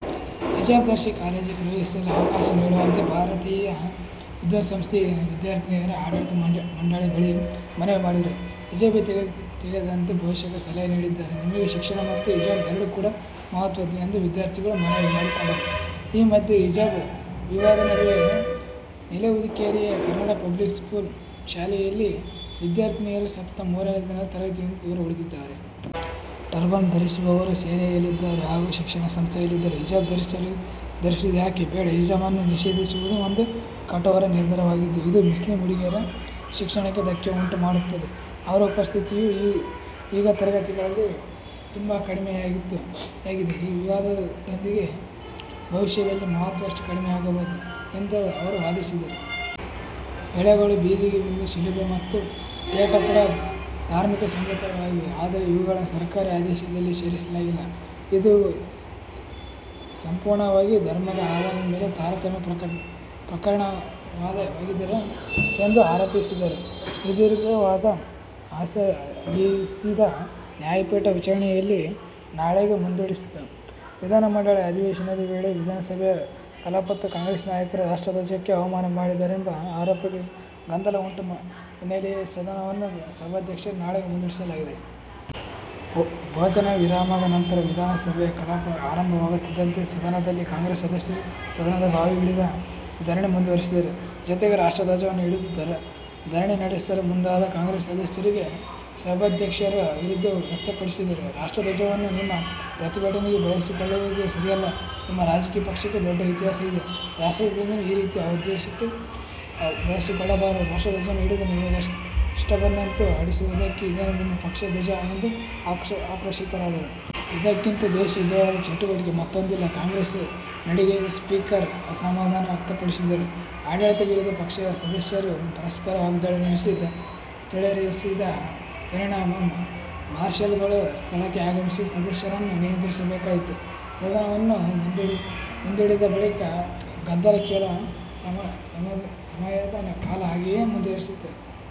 ಹಿಜಾಬ್ ಧರಿಸಿ ಕಾಲೇಜ್ ಪ್ರವೇಶಿಸಲು ಅವಕಾಶ ನೀಡುವಂತೆ ಭಾರತೀಯ ವಿದ್ಯಾಸಂಸ್ಥೆ ವಿದ್ಯಾರ್ಥಿನಿಯರು ಆಡಳಿತ ಮಂಡಳಿ ಬಳಿ ಮನವಿ ಮಾಡಿದರು. ಹಿಜಾಬ್ ತೆಗೆಯದಂತೆ ಪೋಷಕರು ಸಲಹೆ ನೀಡಿದ್ದಾರೆ. ನಮಗೆ ಶಿಕ್ಷಣ ಮತ್ತು ಹಿಜಾಬ್ ಎರಡು ಕೂಡಾ ಮಹತ್ವದ್ದು ಎಂದು ವಿದ್ಯಾರ್ಥಿಗಳು ಮನವಿ ಮಾಡಿಕೊಂಡರು. ಈ ಮಧ್ಯೆ ಹಿಜಾಬ್ ವಿವಾದದ ನಡುವೆ ನೆಲ್ಲಿಹುದಿಕೇರಿಯ ಕರ್ನಾಟಕ ಪಬ್ಲಿಕ್ ಶಾಲೆಯ ವಿದ್ಯಾರ್ಥಿನಿಯರು ಸತತ ಮೂರನೇ ದಿನದಿಂದಲೂ ತರಗತಿಯಿಂದ ದೂರ ಉಳಿದಿದ್ದಾರೆ. ಟರ್ಬನ್ ಧರಿಸುವವರು ಸೇನೆಯಲ್ಲಿದ್ದಾರೆ, ಹಾಗಾದರೆ ಶಿಕ್ಷಣ ಸಂಸ್ಥೆಗಳಲ್ಲಿ ಹಿಜಾಬ್ ಧರಿಸುವುದು ಯಾಕೆ ಬೇಡ? ಹಿಜಾಬ್ ಅನ್ನು ನಿಷೇಧಿಸುವುದು ಒಂದು ಕಠೋರ ನಿರ್ಧಾರವಾಗಿದ್ದು, ಇದು ಮುಸ್ಲಿಂ ಹುಡುಗಿಯರ ಶಿಕ್ಷಣಕ್ಕೆ ಧಕ್ಕೆ ಉಂಟು ಮಾಡುತ್ತದೆ. ಅವರ ಉಪಸ್ಥಿತಿಯು ಈಗ ತರಗತಿಗಳಲ್ಲಿ ತುಂಬಾ ಕಡಿಮೆಯಾಗಿದೆ. ಈ ವಿವಾದದಿಂದಾಗಿ ಭವಿಷ್ಯದಲ್ಲಿ ಮತ್ತಷ್ಟು ಕಡಿಮೆಯಾಗಬಹುದು ಎಂದು ಅವರು ವಾದಿಸಿದರು. ಬಳೆಗಳು, ಬಿಂದಿಗೆ, ಶಿಲುಬೆ ಮತ್ತು ಪೇಟ ಕೂಡ ಧಾರ್ಮಿಕ ಸಂಕೇತಗಳಾಗಿವೆ. ಆದರೆ ಇವುಗಳನ್ನು ಸರ್ಕಾರಿ ಆದೇಶದಲ್ಲಿ ಸೇರಿಸಲಾಗಿಲ್ಲ ಮತ್ತು ಇದು ಸಂಪೂರ್ಣವಾಗಿ ಧರ್ಮದ ಆಧಾರದ ಮೇಲೆ ತಾರತಮ್ಯ ಪ್ರಕರಣವಾಗಿದೆ ಎಂದು ಆರೋಪಿಸಿದರು. ಸುದೀರ್ಘ ವಾದ ಆಲಿಸಿದ ನ್ಯಾಯಪೀಠ ವಿಚಾರಣೆಯನ್ನು ನಾಳೆಗೆ ಮುಂದೂಡಿತು. ವಿಧಾನಮಂಡಲ ಅಧಿವೇಶನದ ವೇಳೆ ವಿಧಾನಸಭೆ ಕಲಾಪದಲ್ಲಿ ಕಾಂಗ್ರೆಸ್ ನಾಯಕರು ರಾಷ್ಟ್ರ ಧ್ವಜಕ್ಕೆ ಅವಮಾನ ಮಾಡಿದ್ದಾರೆಂಬ ಆರೋಪಕ್ಕೆ ಗದ್ದಲ ಉಂಟಾದ ಹಿನ್ನೆಲೆಯಲ್ಲಿ ಸದನವನ್ನು ಸಭಾಧ್ಯಕ್ಷರು ನಾಳೆಗೆ ಮುಂದೂಡಿದರು. ಭೋಜನ ವಿರಾಮದ ನಂತರ ವಿಧಾನಸಭೆ ಕಲಾಪ ಆರಂಭವಾಗುತ್ತಿದ್ದಂತೆ ಸದನದಲ್ಲಿ ಕಾಂಗ್ರೆಸ್ ಸದಸ್ಯರು ಸದನದ ಬಾವಿಗಿಳಿದಿ ಧರಣಿ ಮುಂದುವರೆಸಿದರು. ಜೊತೆಗೆ ರಾಷ್ಟ್ರಧ್ವಜವನ್ನ ಹಿಡಿದು ಧರಣಿನಡೆಸಲು ಮುಂದಾದ ಕಾಂಗ್ರೆಸ್ ಸದಸ್ಯರಿಗೆ ಸಭಾಧ್ಯಕ್ಷರು ವಿರೋಧ ವ್ಯಕ್ತಪಡಿಸಿದರು, ರಾಷ್ಟ್ರ ಧ್ವಜವನ್ನ ನಿಮ್ಮ ಪ್ರತಿಭಟನೆಗೆ ಬಳಸಿಕೊಳ್ಳುವುದು ಸರಿಯಲ್ಲ, ನಿಮ್ಮರಾಜಕೀಯ ಪಕ್ಷಕ್ಕೆ ದೊಡ್ಡ ಇತಿಹಾಸ ಇದೆ, ರಾಷ್ಟ್ರ ಧ್ವಜವನ್ನ ಈ ರೀತಿಯ ಉದ್ದೇಶಕ್ಕೆ ಬಳಸಿಕೊಳ್ಳಬಾರದು, ರಾಷ್ರ್ಟಧ್ವಜವನ್ನ ಹಿಡಿದು ನಿಮಗಿಷ್ಟಬಂದಂತೆ ಆಡಿಸುವುದಕ್ಕೆ ಇದೇನು ನಿಮ್ಮ ಪಕ್ಷದ ಧ್ವಜವಾ ಎಂದು ಆಕ್ರೋಶಿತರಾದರು. ಇದಕ್ಕಿಂತ ದೇಶದ್ರೋಹದ ಚಟುವಟಿಕೆ ಮತ್ತೊಂದಿಲ್ಲ ಕಾಂಗ್ರೆಸ್ ನಡೆಗೆ ಸ್ಪೀಕರ್ ಅಸಮಾಧಾನ ವ್ಯಕ್ತಪಡಿಸಿದರು. ಆಡಳಿತ-ವಿರೋಧ ಪಕ್ಷದ ಸದಸ್ಯರು ಪರಸ್ಪರ ವಾಗ್ದಾಳಿ ನಡೆಸಿ, ತೋಳೇರಿಸಿದ ಪರಿಣಾಮ ಮಾರ್ಷಲ್ ಗಳು ಸ್ಥಳಕ್ಕೆ ಆಗಮಿಸಿ ಸದಸ್ಯರನ್ನು ನಿಯಂತ್ರಿಸಬೇಕಾಯಿತು. ಸದನವನ್ನು ಮುಂದೂಡಿದ ಬಳಿಕವೂ ಗದ್ದಲ ಕೆಲ ಸಮಯದ ಕಾಲ ಹಾಗೆಯೇ ಮುಂದುವರೆದಿತ್ತು.